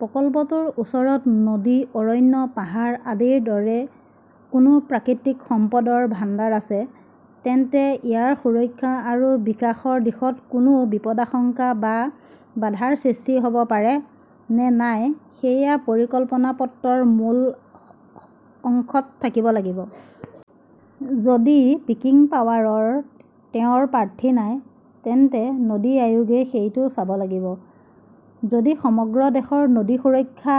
প্ৰকল্পটোৰ ওচৰত নদী, অৰণ্য, পাহাৰ আদিৰ দৰে কোনো প্ৰাকৃতিক সম্পদৰ ভাণ্ডাৰ আছে, তেন্তে ইয়াৰ সুৰক্ষা আৰু বিকাশৰ দিশত কোনো বিপদাশংকা বা বাধাৰ সৃষ্টি হ 'ব পাৰে নে নাই সেয়া পৰিকল্পনা পত্ৰৰ মূল অংশত থাকিব লাগিব। যদি পিকিং পাৱাৰৰ তেওঁৰ প্ৰাৰ্থী নাই, তেন্তে নদী আয়োগে সেইটো চাব লাগিব। যদি সমগ্ৰ দেশৰ নদীৰ সুৰক্ষা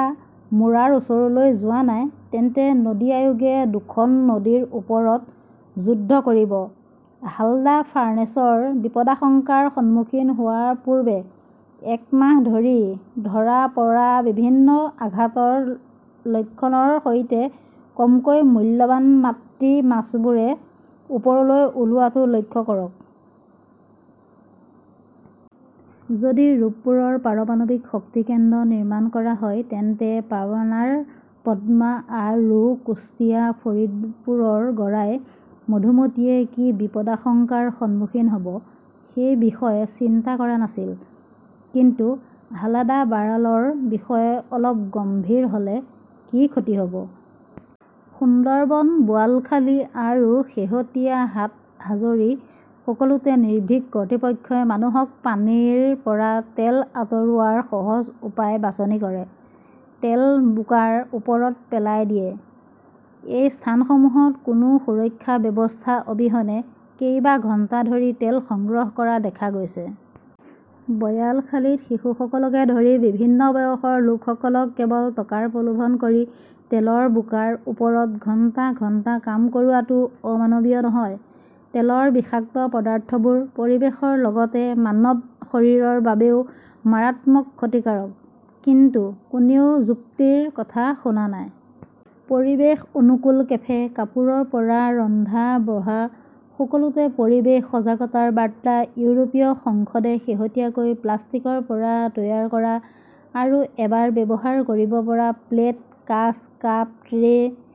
মুৰাৰ ওচৰলৈ যোৱা নাই, তেন্তে নদী আয়োগে দুখন নদীৰ ওপৰত যুদ্ধ কৰিব। হালদা ফাৰ্নেছৰ বিপদাশংকাৰ সন্মুখীন হোৱাৰ পূৰ্বে এক মাহ ধৰি ধৰা পৰা বিভিন্ন আঘাতৰ লক্ষণৰ সৈতে কমকৈ মূল্যৱান মাতৃ মাছবোৰে ওপৰলৈ ওলোৱাটো লক্ষ্য কৰক। যদি ৰূপপুৰৰ পাৰমাণৱিক শক্তি কেন্দ্ৰ নিৰ্মাণ কৰা হয় তেন্তে পাবনাৰ পদ্মা আৰু কুশ্তিয়া-ফাৰিদপুৰৰ গড়াই, মধুমতীয়ে কি বিপদাশংকাৰ সন্মুখীন হ 'ব সেই বিষয়ে চিন্তা কৰা নাছিল, কিন্তু হালদা-বাৰালৰ বিষয়ে অলপ গম্ভীৰ হ' লে কি ক্ষতি হ 'ব? সুন্দৰবন, বোৱালখালী, আৰু শেহতীয়া হাটহাজৰী-সকলোতে নিৰ্ভীক কৰ্তৃপক্ষই মানুহক পানীৰ পৰা তেল আঁতৰোৱাৰ সহজ উপায় বাছনি কৰে, তেলৰ বোকাৰ ওপৰত পেলাই দিয়ে! এই স্থানসমূহত কোনো সুৰক্ষা ব্যৱস্থা অবিহনে কেইবা ঘণ্টা ধৰি তেল সংগ্ৰহ কৰা দেখা গৈছে। বয়ালখালীত শিশুসকলকে ধৰি বিভিন্ন বয়সৰ লোকসকলক কেৱল টকাৰ প্ৰলোভন কৰি তেলৰ বোকাৰ ওপৰত ঘণ্টা ঘণ্টা কাম কৰোৱাটো অমানৱীয় নহয়! তেলৰ বিষাক্ত পদাৰ্থবোৰ পৰিৱেশৰ লগতে মানৱ শৰীৰৰ বাবেও মাৰাত্মকভাৱে ক্ষতিকাৰক। কিন্তু কোনেও যুক্তিৰ কথা শুনা নাই। পৰিৱেশ-অনুকূল কেফে! কাপোৰৰ পৰা ৰন্ধা-বঢ়া, সকলোতে পৰিৱেশ সজাগতাৰ বাৰ্তা ইউৰোপীয় সংসদে শেহতীয়াকৈ প্লাষ্টিকৰ পৰা তৈয়াৰ কৰা আৰু এবাৰ ব্যৱহাৰ কৰিব পৰা প্লেট, কাঁচ, cup, straw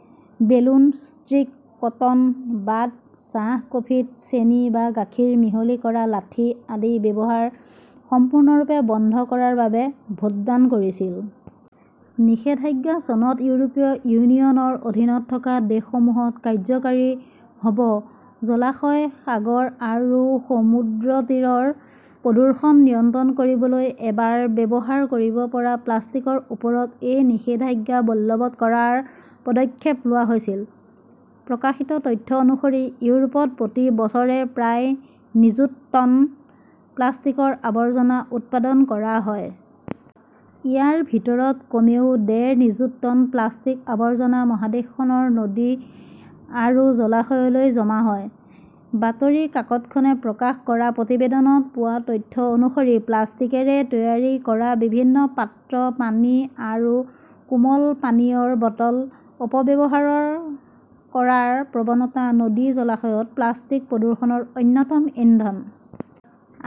', balloon stick, cotton bud, চাহ-কফিত চেনি বা গাখীৰ মিহলি কৰা লাঠি আদিৰ ব্যৱহাৰ সম্পূৰ্ণৰূপে বন্ধ কৰাৰ বাবে ভোটদান কৰিছিল। নিষেধাজ্ঞা চনত ইউৰোপীয় ইউনিয়নৰ অধীনত থকা দেশসমূহত কাৰ্যকৰী হ 'ব। জলাশয়, সাগৰ আৰু সমুদ্ৰতীৰৰ প্ৰদূষণ নিয়ন্ত্ৰণ কৰিবলৈ এবাৰ ব্যৱহাৰ কৰিব পৰা প্লাষ্টিকৰ ওপৰত এই নিষেধাজ্ঞা বলৱৎ কৰাৰ পদক্ষেপ লোৱা হৈছে। প্ৰকাশিত তথ্য অনুসৰি ইউৰোপত প্ৰতি বছৰে প্ৰায় নিযুত টন প্লাষ্টিকৰ আৱৰ্জনা উৎপাদন কৰা হয়। ইয়াৰ ভিতৰত কমেও ডেৰ নিযুত টন প্লাষ্টিকৰ আৱৰ্জনা মহাদেশখনৰ নদী আৰু জলাশয়লৈ জমা হয়। বাতৰি কাকতখনে প্ৰকাশ কৰা প্ৰতিবেদনত পোৱা তথ্য অনুসৰি, প্লাষ্টিকৰে তৈয়াৰ কৰা বিভিন্ন পাত্ৰ, পানী আৰু কোমল পানীয়ৰ বটল অপব্যৱহাৰ কৰাৰ প্ৰৱণতা নদী-জলাশয়ত প্লাষ্টিক প্ৰদূষণৰ অন্যতম ইন্ধন।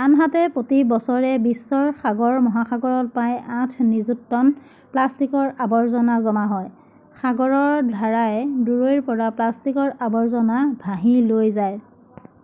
আনহাতে, প্ৰতি বছৰে বিশ্বৰ সাগৰ-মহাসাগৰত প্ৰায় আঠ নিযুত টন প্লাষ্টিকৰ আৱৰ্জনা জমা হয়। সাগৰৰ ধাৰাই দূৰৈৰ পৰা প্লাষ্টিকৰ আৱৰ্জনা ভাহি লৈ যায়।